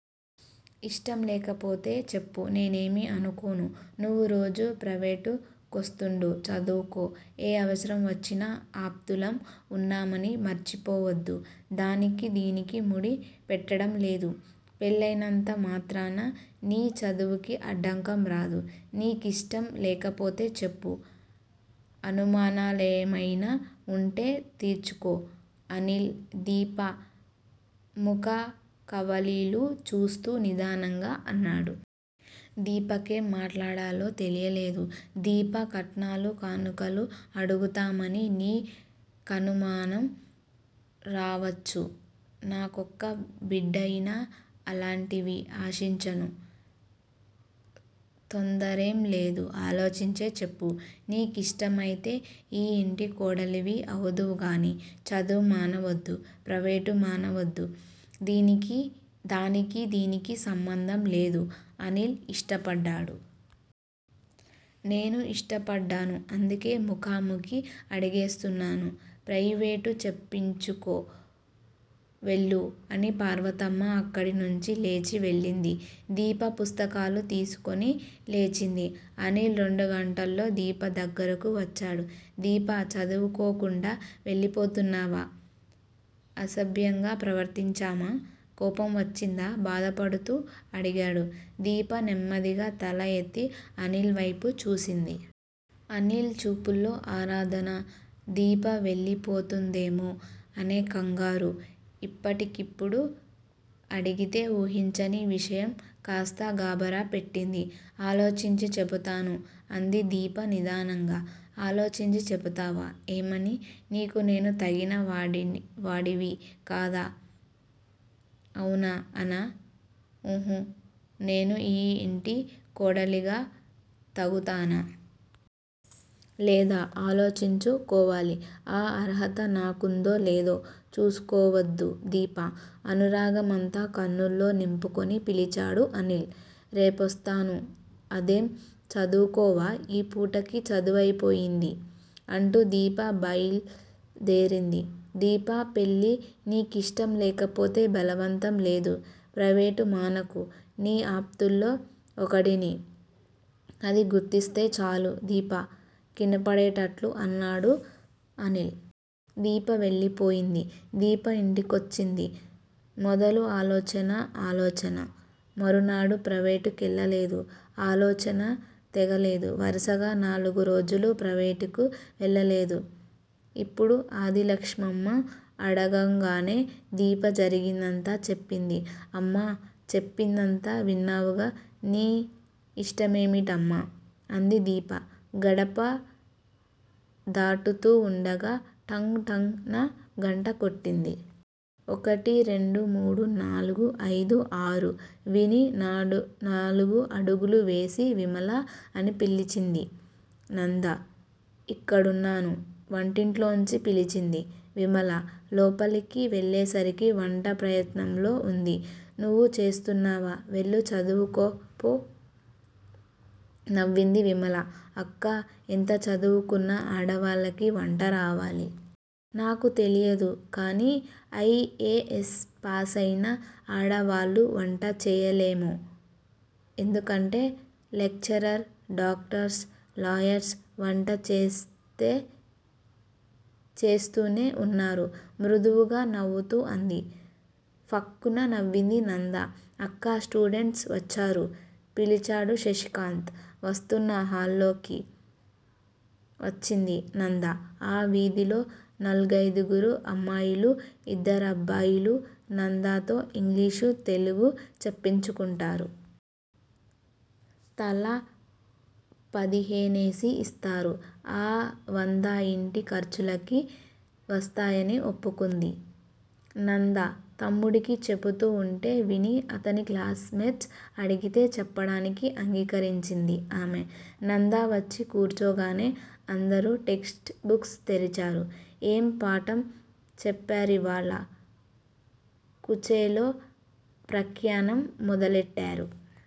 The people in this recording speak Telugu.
ఇష్టంలేకపోతే చెప్పు. నేనేమీ అనుకోను. నువ్వు రోజూ ప్రవేటు కొస్తూండు. చదువుకో, ఏ అవసరం వచ్చినా ఆప్తులం ఉన్నామని మర్చిపోవద్దు. దానికీ దీనికీ ముడి పెట్టటంలేదు. పెళ్ళయినంత మాత్రాన నీ చదువుకి ఆటంకంరాదు. నీకిష్టం లేకపోతే చెప్పు, అనుమానాలేమయినా వుంటే తీర్చుకో అనిల్ దీప ముఖకవళికలు చూస్తూ నిదానంగా అన్నాడు. దీపకేం మాట్లాడాలో తెలియలేదు. దీపా! కట్నాలు కానుకలు అడుగుతామని నీ కనుమానం రావచ్చు. నాకొక్క బిడ్డయినా అలాంటివి ఆశించను, తొందరేంలేదు ఆలోచించే చెప్పు. నీ కిష్టమైతే ఈ ఇంటి కోడలివి అవుదువుగాని, చదువు మానవద్దు, ప్రవేటు మానవద్దు. దానికీ దీనికీ సంబంధం లేదు. అనిల్ ఇష్టపడ్డాడు. నేను ఇష్టపడ్డాను. అందుకే ముఖాముఖి అడిగేస్తున్నాను. ప్రయివేటు చెప్పించుకు వెళ్ళు. అని పార్వతమ్మ అక్కడినుంచి లేచి వెళ్ళింది. దీప పుస్తకాలు తీసుకుని లేచింది. అనిల్ రెండంగల్లో దీప దగ్గరకు వచ్చాడు. దీపా! చదువుకోకుండా వెళ్ళిపోతున్నావా? అసభ్యంగా ప్రవర్తించామా? కోపం వచ్చిందా? బాధపడుతూ అడిగాడు. దీప నెమ్మదిగా తల ఎత్తి అనిల్ వైపు చూసింది. అనిల్ చూపుల్లో ఆరాధన, దీప వెళ్ళిపోతుందేమో అనే కంగారు. ఇప్పటికిప్పుడు అడిగితే ఊహించని విషయం కాస్త గాభరా పెట్టింది, ఆలోచించి చెపుతాను అంది దీప నిదానంగా. ఆలోచించి చెపుతావా! ఏమని? నీకు నేను తగిన వాడివి కాదా. అవునా! అనా? ఉహూ! నేను ఈ యింటి కోడలిగా తగుతానా! లేదా! ఆలోచించు కోవాలి. ఆ అర్హత నాకుందో లేదో చూసుకోవద్దు దీపా! అనురాగమంతా కన్నుల్లో నింపుకుని పిలిచాడు అనిల్. రేపొస్తాను అదేం చదువుకోవా! ఈ పూటకి చదువయిపోయింది అంటూ దీప బైలు దేరింది. దీపా! పెళ్ళి నీ కిష్టం లేకపోతే బలవంతంలేదు. ప్రవేటు మానకు. నీ ఆప్తుల్లో ఒకడిని అది గుర్తిస్తే చాలు దీప కినపడేటట్లు అన్నాడు అనిల్. దీప వెళ్ళిపోయింది. దీప ఇంటికొచ్చింది మొదలు ఆలోచన ఆలోచన. మరునాడు ప్రవేటు కెళ్ళలేదు. ఆలోచన తెగలేదు వరసగా నాలుగు రోజులు ప్రవేటుకి వెళ్ళలేదు. ఇప్పుడు ఆదిలక్ష్మమ్మ అడగంగానే దీప జరిగిందంతా చెప్పింది. అమ్మా! చెప్పిందంతా విన్నావుగా?! నీ ఇష్టమేమిటమ్మా! అంది దీప. గడప దాటుతూవుండగా టంగ్ టంగ్ న గంట కొట్టింది. ఒకటి, రెండు, మూడు, నాలుగు, ఐదు, ఆరు విని నాలుగు అడుగులు వేసి విమలా! అని పిలిచింది నంద. ఇక్కడున్నాను! వంటింట్లోంచి పిలిచింది విమల. లోపలికి వెళ్ళేసరికి వంట ప్రయత్నంలో వుంది. నువ్వు చేస్తున్నావా? వెళ్ళు! చదువుకో పో! నవ్వింది విమల. అక్కా! ఎంత చదువుకున్నా ఆడవాళ్ళకి వంటరావాలి! నాకు తెలియదు కానీ ఐ. ఏ. ఎస్. పాసైనా ఆడవాళ్ళు వంట చేయాలేమో! ఎందుకంటే లెక్చరర్స్, డాక్టర్స్, లాయర్స్ వంట చేస్తూనే వున్నారు! మృదువుగా నవ్వుతూ అంది. ఫక్కున నవ్వింది నంద. అక్కా! స్టూడెంట్స్ వచ్చారు! పిలిచాడు శశికాంత్. వస్తున్నా! హాల్లోకి వచ్చింది నంద. ఆ వీధిలో నలుగురైదుగురు అమ్మాయిలు, ఇద్దరబ్బాయిలు నందతో ఇంగ్లీషు, తెలుగు చెప్పించుకుంటారు. తలా పదిహేనేసి ఇస్తారు. ఆ వందా ఇంటి ఖర్చులకి వస్తాయని ఒప్పుకుంది నంద. తమ్ముడికి చెబుతూ వుంటే చూసి అతని క్లాస్ మేట్స్ అడిగితే చెప్పడానికి అంగీకరించింది ఆమె. నంద వచ్చి కూర్చోగానే అందరూ టెస్ట్ బుక్స్ తెరిచారు. ఏం పాఠం చెప్పారివాళ? కుచేలో పాఖ్యానం మొదలెట్టారు!